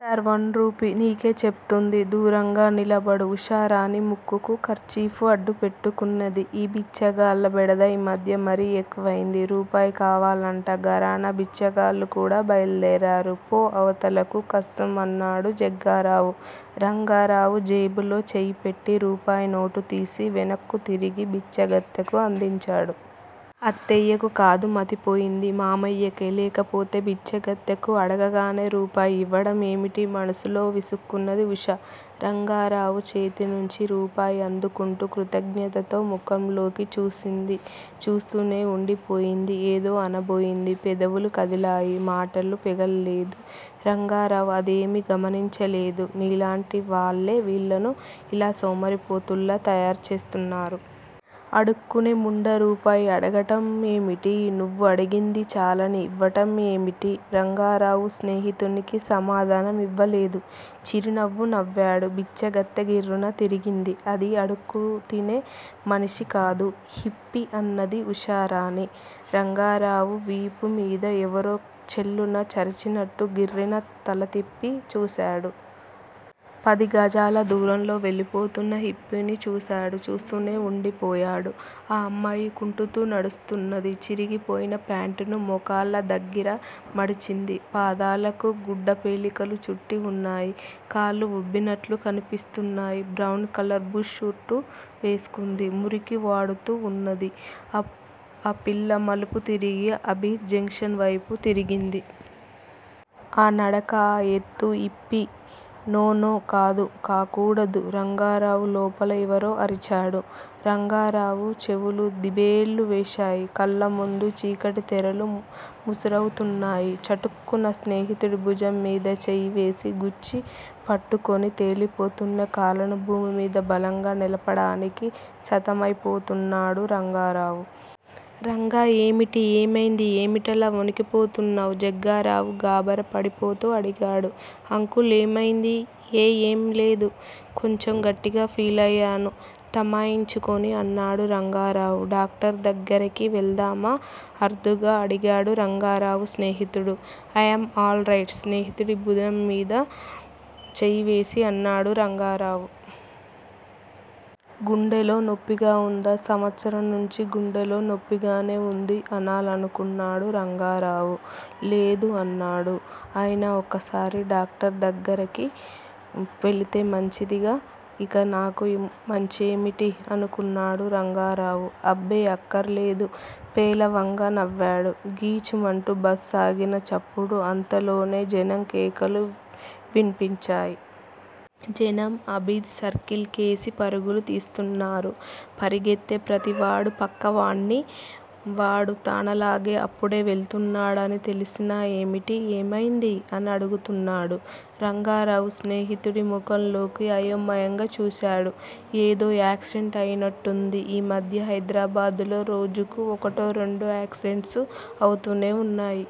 Sir! One rupee! నీకే చెప్తోంది. దూరంగా నిలబడు! ఉషారాణి ముక్కుకు కర్చీఫ్ అడ్డుపెట్టు కున్నది. ఈ బిచ్చగాళ్ళ బెడద ఈ మధ్య మరీ ఎక్కువైంది. రూపాయి కావాలట! ఘరానా బిచ్చగాళ్ళు కూడా బయలుదేరారు. పో! అవతలకు! కస్సుమన్నాడు జగ్గారావు. రంగారావు జేబులో చెయ్యిపెట్టి, రూపాయి నోటుతీసి వెనక్కు తిరిగి బిచ్చగత్తెకు అందించాడు. అత్తయ్యకు కాదు మతిపోయింది. మామయ్యకె లేకపోతే! బిచ్చగత్తెకు అడగగానే రూపాయి యివ్వడం ఏమిటి? మనసులో విసుక్కున్నది ఉష. రంగారావు చేతినుంచి రూపాయి అందుకుంటూ కృతజ్ఞతతో ముఖంలోకి చూసింది. చూస్తూనే ఉండిపోయింది. ఏదో అనబోయింది. పెదవులు కదిలాయి. మాటలు పెగల్లేదు. రంగారావు అదేమీ గమనించలేదు. నీలాంటి వాళ్ళే వీళ్ళను ఇలా సోమరిపోతుల్లా తయారు చేస్తున్నారు. అడుక్కునే ముండ రూపాయి అడగటం ఏమిటి? నువ్వు అడిగిందే చాలని ఇవ్వడం ఏమిటి? రంగారావు స్నేహితునికి సమాధానం ఇవ్వలేదు. చిరునవ్వు నవ్వాడు. బిచ్చగత్తె గిర్రున తిరిగింది. అది అడక్కుతినే మనిషి కాదు. హిప్పీ! అన్నది ఉషారాణి. రంగారావు వీపు మీద ఎవరో చెళ్ళున చరిచినట్టు గిర్రున తలతిప్పి చూశాడు. పదిగజాల దూరంలో వెళ్లిపోతున్న హిప్పీని చూశాడు. చూస్తూనే వుండిపోయాడు. ఆ అమ్మాయి కుంటుతూ నడుస్తున్నది. చిరిగిపోయిన ప్యాంటును మోకాళ్ళ దగ్గర మడిచింది. పాదాలకు గుడ్డపీలికలు చుట్టి వున్నాయి. కాళ్ళు వుబ్బివున్నట్టు కన్పిస్తున్నాయి. బ్రౌన్ కలర్ బుష్ షర్టు వేసుకుంది. మురికి వోడుతూ వున్నది. ఆ పిల్ల మలుపుతిరిగి ఆబిద్ జంక్షన్ వైపు తిరిగింది. ఆఁ నడక, ఆ ఎత్తు, హిప్పీ. నో నో కాదు. కాకూడదు రంగారావు లోపల ఎవరో అరిచాడు. రంగారావు చెవులు దిబేళ్ళు వేశాయి. కళ్లముందు చీకటితెరలు ముసురుతున్నాయి. చటుక్కున స్నేహితుడి భుజంమీద చెయ్యివేసి గుచ్చి పట్టుకొని, తేలిపోతున్న కాళ్ళను భూమిమీద బలంగా నిలపడానికి సతమైపోతున్నాడు రంగారావు. రంగా! ఏమిటి? ఏమైంది? ఏమిటిలా వణికి పోతున్నావ్? జగ్గారావు గాభరా పడిపోతూ అడిగాడు. అంకుల్! ఏమైంది? ఏ ఏం లేదు. కొంచెం గట్టిగా ఫీలయ్యాను తమాయించుకొని అన్నాడు రంగారావు. డాక్టర్ దగ్గరకు వెళదామా? ఆదుర్దాగా అడిగాడు రంగారావు స్నేహితుడు. I'm all right! స్నేహితుడి భుజంమీద చెయ్యివేసి అన్నాడు రంగారావు. గుండెలో నొప్పిగా వుందా? సంవత్సరం నుంచి గుండెలో నొప్పిగానే వుంది అనాలనుకున్నాడు రంగారావు. లేదు! అన్నాడు. అయినా ఒకసారి డాక్టర్ దగ్గిరకి వెళితే మంచిదిగా? ఇంకా నాకు మంచేమిటి? అనుకున్నాడు రంగారావు. అబ్బే! అక్కర్లేదు పేలవంగా నవ్వాడు. గీచ్ మంటూ బస్ ఆగిన చప్పుడూ, అంతలోనే జనం కేకలు విన్పించాయి. జనం ఆబిద్ సర్కిల్ కేసి పరుగులు తీస్తున్నారు. పరిగెత్తే ప్రతివాడూ, పక్కవాడ్ని, వాడూ తనలాగే అప్పుడే వెళుతున్నాడని తెలిసినా ఏమిటి? ఏమైంది? అని అడుగుతున్నాడు. రంగారావు స్నేహితుడి ముఖంలోకి అయోమయంగా చూశాడు. ఏదో యాక్సిడెంట్ అయినట్టుంది. ఈ మధ్య హైదరాబాద్ లో రోజుకు ఒకటో రెండో యాక్సిడెంట్సు అవుతూనే వున్నాయి.